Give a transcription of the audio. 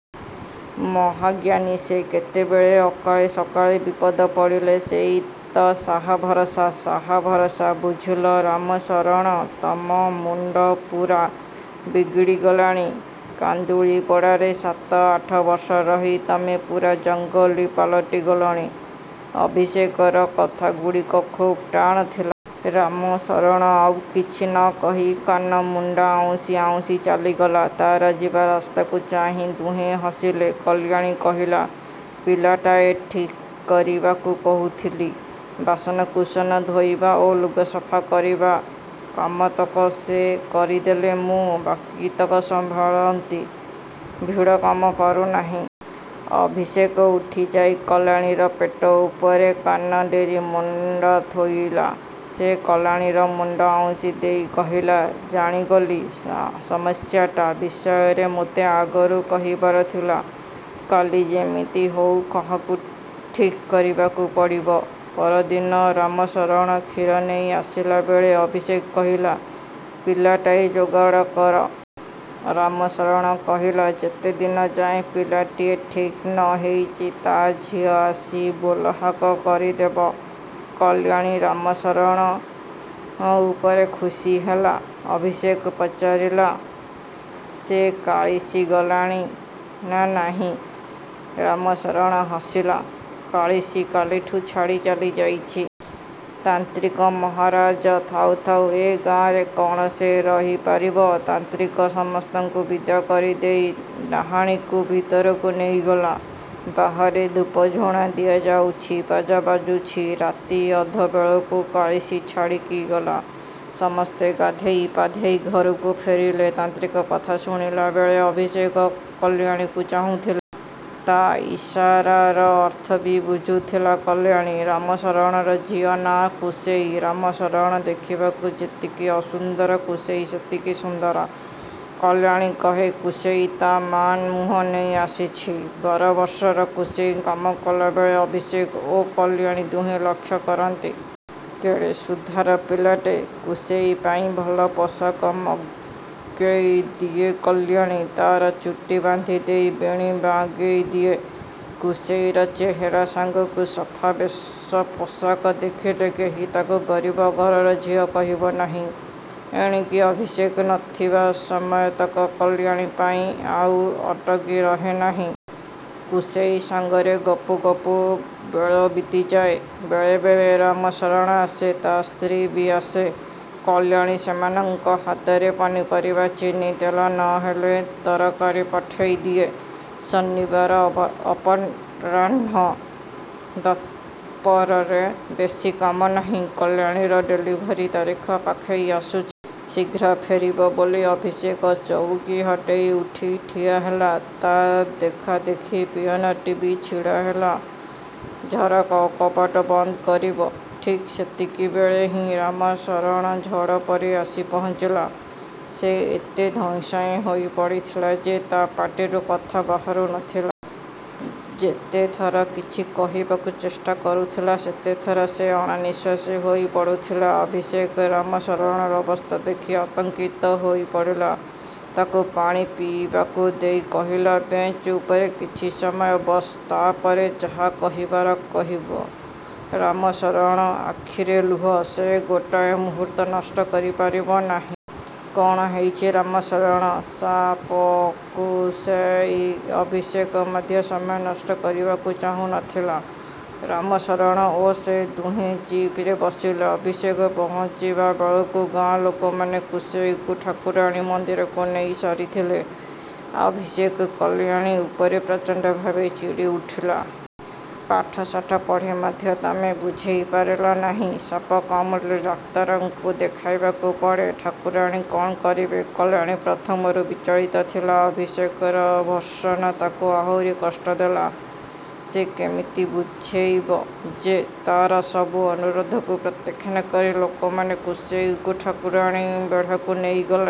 ମହାଜ୍ଞାନୀ ସେ। କେତେବେଳେ ଅକାଳେ ସକାଳେ ବିପଦ ପଡ଼ିଲେ ସେଇ ତ ସାହା ଭରସା। ': ସାହା ଭରସା? ବୁଝିଲ ରାମଶରଣ, ତମ ମୁଣ୍ଡ ପୂରା ବିଗିଡ଼ିଗଲାଣି। କାନ୍ଦୁଲିପଡ଼ାରେ ସାତ ଆଠ ବର୍ଷ ରହି ତମେ ପୂରା ଜଙ୍ଗଲୀ ପାଲଟିଗଲଣି! ଅଭିଷେକର କଥାଗୁଡ଼ିକ ଖୁବ୍ ଟାଣ ଥିଲା। ରାମଶରଣ ଆଉ କିଛି ନ କହି। କାନମୁଣ୍ଡା ଆଉଁଶି ଆଉଁଶି ଚାଲିଗଲା। ତାର ଯିବାରାସ୍ତାକୁ ଚାହିଁ ଦୁହେଁ ହସିଲେ। କଲ୍ୟାଣୀ କହିଲା, "ପିଲାଟାଏ ଠିକ୍ କରିବାକୁ କହୁଥିଲି। ବାସନକୁସନ ଧୋଇବା ଓ ଲୁଗାପଟା ସଫା କରିବା କାମତକ ସେ କରିଦେଲେ ମୁଁ ବାକିତକ ସମ୍ଭାଳନ୍ତି। ଭିଡ଼ କାମ ପାରୁନାହିଁ-। " ଅଭିଷେକ ଉଠିଯାଇ କଲ୍ୟାଣୀର ପେଟ ଉପରେ କାନ ଡେରି ମୁଣ୍ଡ ଥୋଇଲା। ସେ କଲ୍ୟାଣୀର ମୁଣ୍ଡ ଆଉଁଶି ଦେଇ କହିଲା, "ଜାଣିଗଲି, ସମସ୍ୟାଟା ବିଷୟରେ ମୋତେ ଆଗରୁ କହିବାର ଥିଲା। କାଲି ଯେମିତି ହେଉ କାହାକୁ ଠିକ୍ କରିବାକୁ ପଡ଼ିବ। " ପରଦିନ ରାମଶରଣ କ୍ଷୀର ନେଇ ଆସିଲାବେଳେ ଅଭିଷେକ କହିଲା, "ପିଲାଟାଏ ଯୋଗାଡ଼ କର। " ରାମଶରଣ କହିଲା, "ଯେତେଦିନ ଯାଏ ପିଲାଟିଏ ଠିକ୍ ନ ହେଇଛି ତା ଝିଅ ଆସି ବୋଲହାକ କରିଦେବ। " କଲ୍ୟାଣୀ ରାମଶରଣ ଉପରେ ଖୁସି ହେଲା। ଅଭିଷେକ ପଚାରିଲା, "ସେ କାଳିଶୀ ଗଲାଣି ନା ନାହିଁ? " ରାମଶରଣ ହସିଲା। କାଳିଶୀ କାଲିଠୁ ଛାଡ଼ି ଚାଲିଯାଇଛି। ତାନ୍ତ୍ରିକ ମହାରାଜ ଥାଉ ଥାଉ ଏ ଗାଆଁରେ କଣ ସେ ରହି ପାରିବ? ତାନ୍ତ୍ରିକ ସମସ୍ତଙ୍କୁ ବିଦା କରିଦେଇ ଡାଆଣୀକୁ ଭିତରକୁ ନେଇଗଲେ। ବାହାରେ ଧୂପଝୁଣା ଦିଆଯାଉଛି, ବାଜା ବାଜୁଛି। ରାତି ଅଧବେଳକୁ କାଳିଶୀ ଛାଡ଼ିକି ଗଲା। ସମସ୍ତେ ଗାଧୋଇ ପାଧୋଇ ଘରକୁ ଫେରିଲେ। ତାନ୍ତ୍ରିକ କଥା ଶୁଣିଲାବେଳେ ଅଭିଷେକ କଲ୍ୟାଣୀକୁ ଚାହୁଁଥିଲା। ତା ଇସାରାର ଅର୍ଥ ବି ବୁଝୁଥିଲା କଲ୍ୟାଣୀ। ରାମଶରଣର ଝିଅର ନାଆଁ କୁସେଇ। ରାମଶରଣ ଦେଖିବାକୁ ଯେତିକି ଅସୁନ୍ଦର କୁସେଇ ସେତିକି ସୁନ୍ଦର। କଲ୍ୟାଣୀ କହେ, କୁସେଇ ତା ମା ମୁହଁ ନେଇ ଆସିଛି। ବାର ବର୍ଷର କୁସେଇ କାମ କଲାବେଳେ ଅଭିଷେକ ଓ କଲ୍ୟାଣୀ ଦୁହେଁ ଲକ୍ଷ୍ୟ କରନ୍ତି-। କେଡ଼େ ସୁଧାର ପିଲାଟେ! କୁସେଇ ପାଇଁ ଭଲ ପୋଷାକ ମଗେଇ ଦିଏ କଲ୍ୟାଣୀ। ତାର ଚୁଟି ବାନ୍ଧି ଦେଇ ବେଣୀ ବାଗେଇ ଦିଏ। କୁସେଇର ଚେହେରା ସାଙ୍ଗକୁ ସଫା ବେଶପୋଷାକ ଦେଖିଲେ କେହି ତାକୁ ଗରିବ ଘରର ଝିଅ କହିବ ନାହିଁ। ଏଣିକି ଅଭିଷେକ ନ ଥିବା ସମୟତକ କଲ୍ୟାଣୀ ପାଇଁ ଆଉ ଅଟକି ରହେ ନାହିଁ। କୁସେଇ ସାଙ୍ଗରେ ଗପୁ ଗପୁ ବେଳ ବିତିଯାଏ। ବେଳେବେଳେ ରାମଶରଣ ଆସେ, ତା ସ୍ତ୍ରୀ ବି ଆସେ। କଲ୍ୟାଣୀ ସେମାନଙ୍କ ହାତରେ ପନିପରିବା, ଚିନି, ତେଲ ନହେଲେ ତରକାରି ପଠେଇ ଦିଏ। ଶନିବାର ଅପରାହ୍ଣ। ଦପ୍ତରରେ ବେଶୀ କାମ ନାହିଁ। କଲ୍ୟାଣୀର ଡେଲିଭରି ତାରିଖ ପାଖେଇ ଆସୁଛି। ଶୀଘ୍ର ଫେରିବ ବୋଲି ଅଭିଷେକ ଚଉକୀ ହଟେଇ ଉଠି ଠିଆହେଲା। ତା ଦେଖାଦେଖି ପିଅନଟି ବି ଛିଡ଼ାହେଲା, ଝରକା ଓ କବାଟ ବନ୍ଦ କରିବ। ଠିକ୍ ସେତିକିବେଳେ ହିଁ ରାମଶରଣ ଝଡ଼ ପରି ଆସି ପହଞ୍ଚିଲା। ସେ ଏତେ ଧଇଁସଇଁ ହୋଇ ପଡ଼ିଥିଲା ଯେ ତା ପାଟିରୁ କଥା ବାହାରୁ ନଥିଲା। ଯେତେଥର କିଛି କହିବାକୁ ଚେଷ୍ଟା କରୁଥିଲା, ସେତେଥର ସେ ଅଣନିଃଶ୍ୱାସୀ ହୋଇ ପଡ଼ୁଥିଲା। ଅଭିଷେକ ରାମଶରଣର ଅବସ୍ଥା ଦେଖି ଆତଙ୍କିତ ହୋଇପଡ଼ିଲା। ତାକୁ ପାଣି ପିଇବାକୁ ଦେଇ କହିଲା, 'ବେଞ୍ଚ ଉପରେ କିଛି ସମୟ ବସ। ତାପରେ ଯାହା କହିବାର କହିବ। ' ରାମଶରଣ ଆଖିରେ ଲୁହ, ସେ ଗୋଟାଏ ମୁହୂର୍ତ୍ତ ନଷ୍ଟ କରିପାରିବ ନାହିଁ।: କଣ ହେଇଛି ରାମଶରଣ?: ସା-ପ, କୁ-ସେ-ଇ। ଅଭିଷେକ ମଧ୍ୟ ସମୟ ନଷ୍ଟ କରିବାକୁ ଚାହୁଁନଥିଲା। ରାମଶରଣ ଓ ସେ ଦୁହେଁ ଜିପରେ ବସିଲେ। ଅଭିଷେକ ପହଞ୍ଚିବା ବେଳକୁ ଗାଁ ଲୋକମାନେ କୁସେଇକୁ ଠାକୁରାଣୀ ମନ୍ଦିରକୁ ନେଇ ସାରିଥିଲେ। ଅଭିଷେକ କଲ୍ୟାଣୀ ଉପରେ ପ୍ରଚଣ୍ଡ ଭାବେ ଚିଡ଼ି ଉଠିଲା। 'ପାଠଶାଠ ପଢ଼ି ମଧ୍ୟ ତମେ ବୁଝେଇ ପାରିଲ ନାହିଁ, ସାପ କାମୁଡ଼ିଲେ ଡାକ୍ତରଙ୍କୁ ଦେଖାଇବାକୁ ପଡ଼େ। ଠାକୁରାଣୀ କଣ କରିବେ? ' କଲ୍ୟାଣୀ ପ୍ରଥମରୁ ବିଚଳିତ ଥିଲା। ଅଭିଷେକର ଭର୍ତ୍ସନା ତାକୁ ଆହୁରି କଷ୍ଟ ଦେଲା। ସେ କେମିତି ବୁଝେଇବ ଯେ ତା'ର ସବୁ ଅନୁରୋଧକୁ ପ୍ରତ୍ୟାଖ୍ୟାନ କରି ଲୋକମାନେ କୁସେଇକୁ ଠାକୁରାଣୀ ବେଢ଼ାକୁ ନେଇ ଗଲେ।